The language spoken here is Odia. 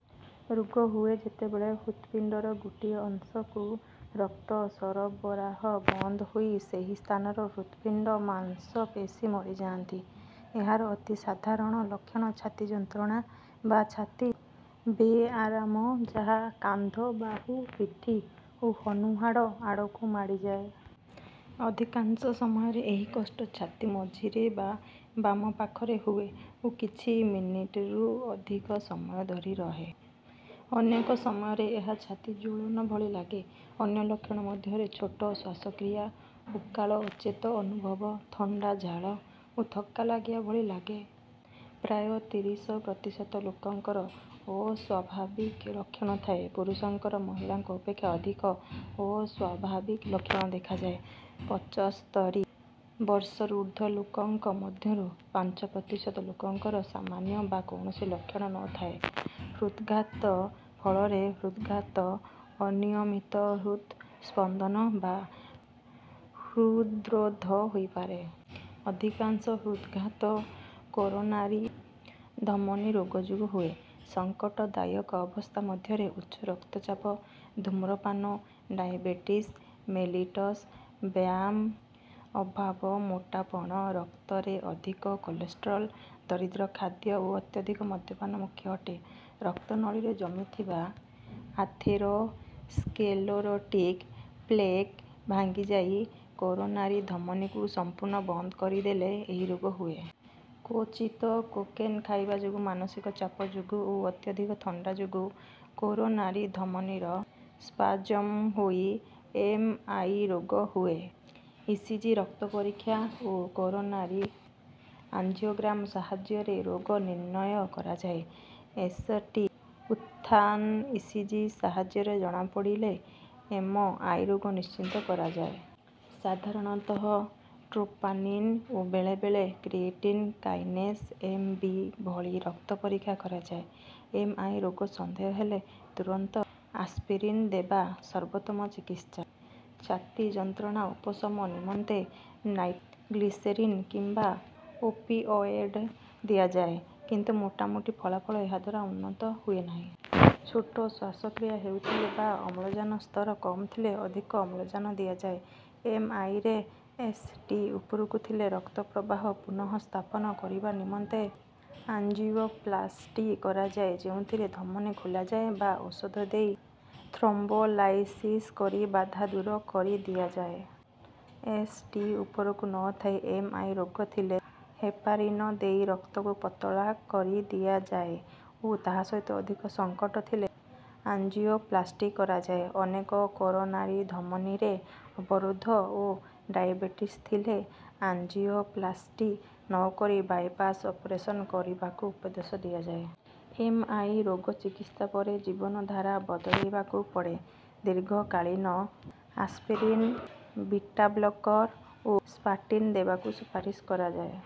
ରୋଗ ହୁଏ ଯେତେବେଳେ ହୃତ୍ପିଣ୍ଡର ଗୋଟିଏ ଅଂଶକୁ ରକ୍ତ ସରବରାହ ବନ୍ଦ ହୋଇ ସେହି ସ୍ଥାନର ହୃତ୍ପିଣ୍ଡ ମାଂସପେଶୀ ମରିଯାଆନ୍ତି। ଏହାର ଅତି ସାଧାରଣ ଲକ୍ଷଣ ଛାତି ଯନ୍ତ୍ରଣା ବା ଛାତି ବେଆରାମ ଯାହା କାନ୍ଧ ବାହୁ ପିଠି ଓ ହନୁ ହାଡ଼ ଆଡ଼କୁ ମାଡ଼ିଯାଏ। ଅଧିକାଂଶ ସମୟରେ ଏହି କଷ୍ଟ ଛାତି ମଝିରେ ବା ବାମ ପାଖରେ ହୁଏ ଓ କିଛି ମିନିଟରୁ ଅଧିକ ସମୟ ଧରି ରହେ। ଅନେକ ସମୟରେ ଏହା ଛାତି ଜ୍ୱଳନ ଭଳି ଲାଗେ। ଅନ୍ୟ ଲକ୍ଷଣ ମଧ୍ୟରେ ଛୋଟ ଶ୍ୱାସକ୍ରିୟା ଓକାଳ ଅଚେତ ଅନୁଭବ ଥଣ୍ଡା ଝାଳ ଓ ଥକ୍କା ଲାଗିବା ଭଳି ଲାଗେ। ପ୍ରାୟ ତିରିଶ ପ୍ରତିଶତ ଲୋକଙ୍କର ଅସ୍ୱାଭାବିକ ଲକ୍ଷଣ ଥାଏ ପୁରୁଷଙ୍କର ମହିଳାଙ୍କ ଅପେକ୍ଷା ଅଧିକ ଅସ୍ୱାଭାବିକ ଲକ୍ଷଣ ଦେଖାଯାଏ। ପଚସ୍ତରି ବର୍ଷରୁ ଉର୍ଦ୍ଧ୍ୱ ଲୋକଙ୍କ ମଧ୍ୟରୁ ପାଞ୍ଚ ପ୍ରତିଶତ ଲୋକଙ୍କର ସାମାନ୍ୟ ବା କୌଣସି ଲକ୍ଷଣ ନ ଥାଏ। ହୃଦ୍ଘାତ ଫଳରେ ହୃଦ୍ପାତ ଅନିୟମିତ ହୃତ ସ୍ପନ୍ଦନ ବା ହୃଦ୍ରୋଧ ହୋଇପାରେ। ଅଧିକାଂଶ ହୃଦ୍ଘାତ କରୋନାରୀ ଧମନୀ ରୋଗ ଯୋଗୁ ହୁଏ। ସଙ୍କଟ ଦାୟକ ଅବସ୍ଥା ମଧ୍ୟରେ ଉଚ୍ଚ ରକ୍ତଚାପ ଧୂମ୍ରପାନ ଡାଏବେଟିସ ମେଲିଟସ ବ୍ୟାୟାମ ଅଭାବ ମୋଟାପଣ ରକ୍ତରେ ଅଧିକ କୋଲେଷ୍ଟ୍ରଲ୍ ଦରିଦ୍ର ଖାଦ୍ୟ ଓ ଅତ୍ୟଧିକ ମଦ୍ୟପାନ ମୂଖ୍ୟ ଅଟେ। ରକ୍ତନଳୀରେ ଜମିଥିବା ଆଥେରୋସ୍କ୍ଲେରୋଟିକ ପ୍ଲେକ ଭାଙ୍ଗିଯାଇ କରୋନାରୀ ଧମନୀକୁ ସମ୍ପୁର୍ଣ୍ଣ ବନ୍ଦ କରିଦେଲେ ଏହି ରୋଗ ହୁଏ। କ୍ୱଚିତ କୋକେନ ଖାଇବା ଯୋଗୁ ମାନସିକ ଚାପ ଯୋଗୁ ଓ ଅତ୍ୟଧିକ ଥଣ୍ଡା ଯୋଗୁ କରୋନାରି ଧମନୀର ସ୍ପାଜ୍ମ ହୋଇ ଏମ ଆଇ ରୋଗ ହୁଏ। ଇସିଜି ରକ୍ତ ପରୀକ୍ଷା ଓ କରୋନାରୀ ଆଞ୍ଜିଓଗ୍ରାମ ସାହାଯ୍ୟରେ ରୋଗ ନିର୍ଣ୍ଣୟ କରାଯାଏ। ଏସଟି ଉତ୍ଥାନ ଇସିଜି ସାହାଯ୍ୟରେ ଜଣାପଡ଼ିଲେ ଏମ ଆଇ ରୋଗ ନିଶ୍ଚିତ କରାଯାଏ। ସାଧାରଣତଃ ଟ୍ରୋପୋନିନ ଓ ବେଳେ ବେଳେ କ୍ରିଏଟିନ କାଇନେଜ ଏମ ବି ଭଳି ରକ୍ତ ପରୀକ୍ଷା କରାଯାଏ। ଏମ ଆଇ ରୋଗ ସନ୍ଦେହ ହେଲେ ତୁରନ୍ତ ଆସ୍ପିରିନ ଦେବା ସର୍ବୋତ୍ତମ ଚିକିତ୍ସା। ଛାତି ଯନ୍ତ୍ରଣା ଉପଶମ ନିମନ୍ତେ ନାଇଟ୍ରୋଗ୍ଲିସେରିନ କିମ୍ବା ଓପିଅଏଡ଼ ଦିଆଯାଏ କିନ୍ତୁ ମୋଟାମୋଟି ଫଳାଫଳ ଏହାଦ୍ୱାରା ଉନ୍ନତ ହୁଏ ନାହିଁ। ଛୋଟ ଶ୍ୱାସକ୍ରିୟା ହେଉଥିଲେ ବା ଅମ୍ଳଜାନ ସ୍ତର କମ ଥିଲେ ଅଧିକ ଅମ୍ଳଜାନ ଦିଆଯାଏ। ଏମ ଆଇ ରେ ଏସ ଟି ଉପରକୁ ଥିଲେ ରକ୍ତ ପ୍ରବାହ ପୁନଃସ୍ଥାପନ କରିବା ନିମନ୍ତେ ଆଞ୍ଜିଓପ୍ଲାସ୍ଟି କରାଯାଏ ଯେଉଁଥିରେ ଧମନୀ ଖୋଲାଯାଏ ବା ଔଷଧ ଦେଇ ଥ୍ରୋମ୍ବୋଲାଇସିସ କରି ବାଧା ଦୂର କରିଦିଆଯାଏ। ଏସ ଟି ଉପରକୁ ନ ଥାଇ ଏମ ଆଇ ରୋଗ ଥିଲେ ହେପାରିନ ଦେଇ ରକ୍ତକୁ ପତଳା କରିଦିଆଯାଏ ଓ ତାହା ସହିତ ଅଧିକ ସଙ୍କଟ ଥିଲେ ଆଞ୍ଜିଓପ୍ଲାସ୍ଟି କରାଯାଏ। ଅନେକ କରୋନାରୀ ଧମନୀରେ ଅବରୋଧ ଓ ଡାଏବେଟିସ ଥିଲେ ଆଞ୍ଜିଓପ୍ଲାସ୍ଟି ନ କରି ବାଇପାସ ଅପରେଶନ କରିବାକୁ ଉପଦେଶ ଦିଆଯାଏ। ଏମ ଆଇ ରୋଗ ଚିକିତ୍ସା ପରେ ଜୀବନ ଧାରା ବଦଳେଇବାକୁ ପଡ଼େ ଦୀର୍ଘକାଳୀନ ଆସ୍ପିରିନ ବିଟାବ୍ଲକର ଓ ସ୍ଟାଟିନ ଦେବାକୁ ସୁପାରିସ କରାଯାଏ।